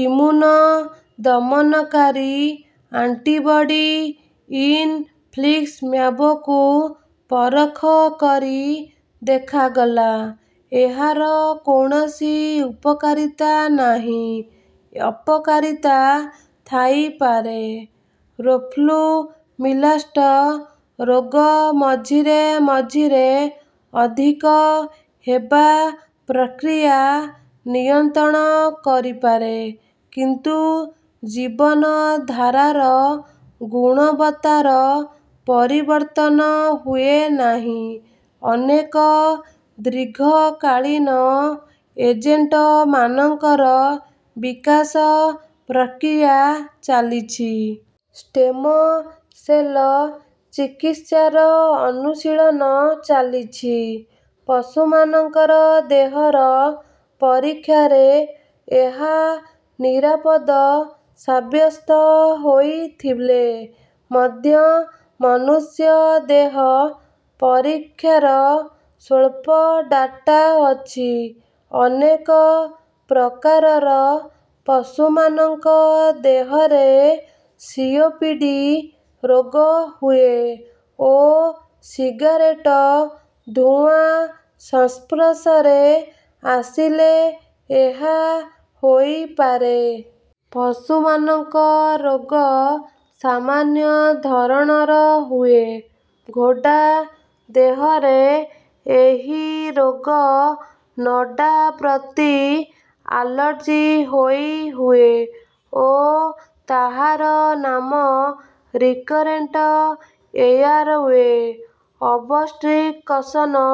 Immune ଦମନକାରୀ antibody ଇନଫ୍ଲିକ୍ସିମ୍ୟାବକୁ ପରଖ କରି ଦେଖାଗଲା ଏହାର କୌଣସି ଉପକାରିତା ନାହିଁ ଅପକାରିତା ଥାଇପାରେ। ରୋଫ୍ଲୁମିଲାଷ୍ଟ ରୋଗ ମଝିରେ ମଝିରେ ଅଧିକ ହେବା ପ୍ରକ୍ରିୟା ନିୟନ୍ତ୍ରଣ କରିପାରେ କିନ୍ତୁ ଜୀବନଧାରାର ଗୁଣବତ୍ତାର ପରିବର୍ତ୍ତନ ହୁଏ ନାହିଁ। ଅନେକ ଦୀର୍ଘକାଳୀନ ଏଜେଣ୍ଟମାନଙ୍କର ବିକାଶ ପ୍ରକ୍ରିୟା ଚାଲିଛି। ଷ୍ଟେମ ସେଲ ଚିକିତ୍ସାର ଅନୁଶୀଳନ ଚାଲିଛି। ପଶୁମାନଙ୍କ ଦେହର ପରୀକ୍ଷାରେ ଏହା ନିରାପଦ ସାବ୍ୟସ୍ତ ହୋଇଥିଲେ ମଧ୍ୟ ମନୁଷ୍ୟ ଦେହ ପରୀକ୍ଷାର ସ୍ୱଳ୍ପ ଡାଟା ଅଛି। ଅନେକ ପ୍ରକାରର ପଶୁମାନଙ୍କ ଦେହରେ ସିଓପିଡି ରୋଗ ହୁଏ ଓ ସିଗାରେଟ ଧୂଆଁ ସଂସ୍ପର୍ଶରେ ଆସିଲେ ଏହା ହୋଇପାରେ। ପଶୁମାନଙ୍କ ରୋଗ ସାମାନ୍ୟ ଧରଣର ହୁଏ। ଘୋଡ଼ା ଦେହରେ ଏହି ରୋଗ ନଡ଼ା ପ୍ରତି ଆଲର୍ଜି ହୋଇ ହୁଏ ଓ ତାହାର ନାମ ରିକରେଣ୍ଟ ଏୟାରୱେ ଅବଷ୍ଟ୍ରକସନ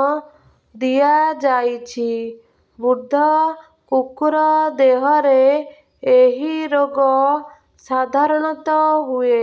ଦିଆଯାଇଛି। ବୃଦ୍ଧ କୁକୁର ଦେହରେ ଏହି ରୋଗ ସାଧାରଣତଃ ହୁଏ।